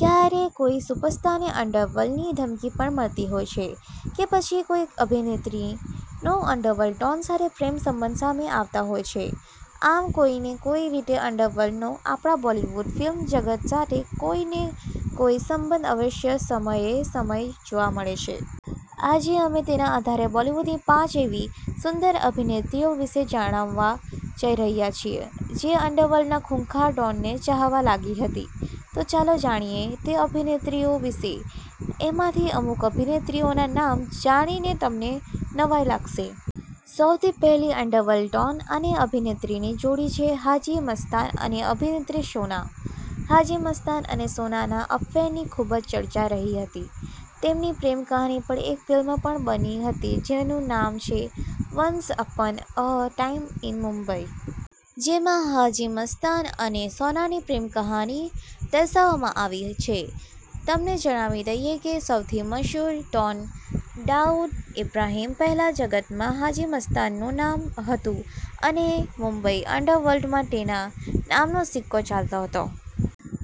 ક્યારે કોઈ સુપરસ્ટાર ને અંડરવર્લ્ડની ધમકી પણ મળતી હોય છે કે પછી કોઈ અભિનેત્રી નો અન્ડરવર્લ્ડ ડોન સાથે પ્રેમ સંબંધ સામે આવતા હોય છે. આમ કોઈને કોઈ રીતે અંડરવર્લ્ડનો આપણા બોલિવૂડ ફિલ્મ જગત સાથે કોઈ ને કોઈ સંબંધ અવશ્ય સમયે સમય જોવા મળે છે. આજે અમે તેના આધારે બોલીવુડની પાંચ એવી સુંદર અભિનેત્રીઓ વિશે જાણવવા જઈ રહ્યા છીએ જે અંડરવર્લ્ડના ખૂંખાર ડોન ને ચાહવા લાગી હતી. તો ચાલો જાણીએ તે અભિનેત્રીઓ વિશે. એમાંથી અમુક અભિનેત્રીઓના નામ જાણીને તમને નવાઈ લાગશે. સૌથી પહેલી અંડરવર્લ્ડ ડોન અને અભિનેત્રીની જોડી છે, હાજી મસ્તાન અને અભિનેત્રી સોના. હાજી મસ્તાન અને સોનાના અફેરની ખૂબ જ ચર્ચા રહી હતી. તેમની પ્રેમ કહાની પર એક ફિલ્મ પણ બની હતી જેનું નામ છે," once upon a time in Mumbai". જેમાં હાજી મસ્તાન અને સોનાની પ્રેમ કહાની દર્શાવવામાં આવી છે. તમને જણાવી દઈએ કે સૌથી મસુર ડોન દાઉદ ઈબ્રાહીમ પહેલા જગતમાં હાજી મસ્તાન નું નામ હતું અને મુંબઇ અંડરવર્લ્ડમાં તેના નામનો સિક્કો ચાલતો હતો.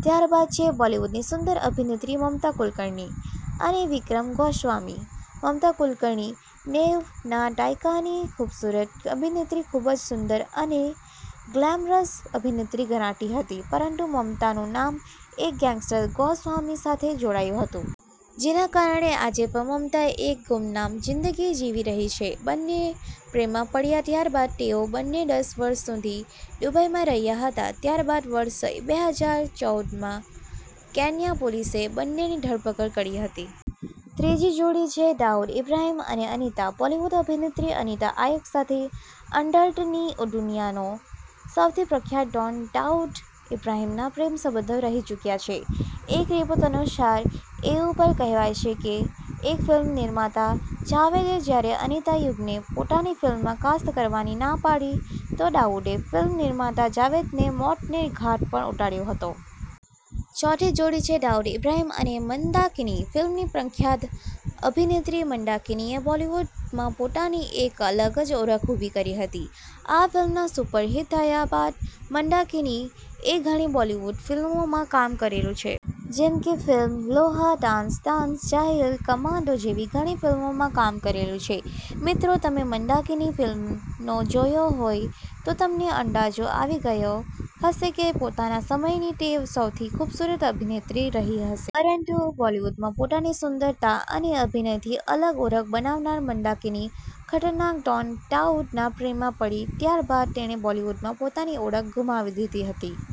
ત્યારબાદ છે બોલિવૂડની સુંદર અભિનેત્રી મમતા કુલકર્ણી અને વિક્રમ ગોસ્વામી. મમતા કુલકર્ણી નેવ ના દાયકાની ખૂબસૂરત અભિનેત્રી ખૂબ જ સુંદર અને ગ્લેમરસ અભિનેત્રી ગણાતી હતી. પરંતુ મમતાનું નામ એક ગેંગસ્ટર ગોસ્વામી સાથે જોડાયું હતું. જેના કારણે આજે પણ મમતા એક ગુમનામ જીંદગી જીવી રહી છે. બન્ને પ્રેમમાં પડ્યા ત્યારબાદ તેઓ બંને દસ વર્ષ સુધી દુબઈમાં રહ્યા હતા ત્યારબાદ વર્ષ બે હજાર ચૌદમાં કેન્યા પોલીસે બંનેની ધરપકડ કરી હતી. ત્રીજી જોડી છે દાઉદ ઈબ્રાહીમ અને અનિતા. બોલિવૂડ અભિનેત્રી અનિતા આયોગ સાથે અંડરર્લ્ડ ની દુનિયા નો સૌથી પ્રખ્યાત ડોન દાઉદ ઈબ્રાહિમના પ્રેમસંબંધો રહી ચૂક્યા છે. એક રિપોર્ટ અનુસાર એવું પણ કહેવાય છે કે એક ફિલ્મ નિર્માતા જાવેદે જ્યારે અનિતા યુગને પોતાની ફિલ્મમાં કાસ્ટ કરવાની ના પાડી તો દાઉદે ફિલ્મનિર્માતા જાવેદને મોતને ઘાટ પણ ઉતાર્યો હતો. ચોથી જોડી છે દાઉદ ઈબ્રાહીમ અને મંદાકિની. ફિલ્મ થી પ્રખ્યાત અભિનેત્રી મંદાકિનીએ બોલિવૂડમાં પોતાની એક અલગ જ ઓળખ ઊભી કરી હતી. આ ફિલ્મના સુપર હિટ થયા બાદ મંદાકિની એ ઘણી બોલિવૂડ ફિલ્મોમાં કામ કરેલું છે. જેમકે ફિલ્મ લોહા, ડાન્સ ડાન્સ, જાહિલ, કમાન્ડો જેવી ઘણી ફિલ્મોમાં કામ કરેલું છે. મિત્રો તમે મંદાકિની ફિલ્મનો જોયો હોય તો તમને અંદાજો આવી ગયો હશે કે પોતાના સમયની તે સૌથી ખૂબસૂરત અભિનેત્રી રહી હશે. પરંતુ બોલિવૂડમાં પોતાની સુંદરતા અને અભિનયથી અલગ ઓળખ બનાવનાર મંદાકિની ખતરનાક ડોન દાઉદના પ્રેમમાં પડી ત્યારબાદ તેણે બોલિવૂડમાં પોતાની ઓળખ ગુમાવી દીધી હતી.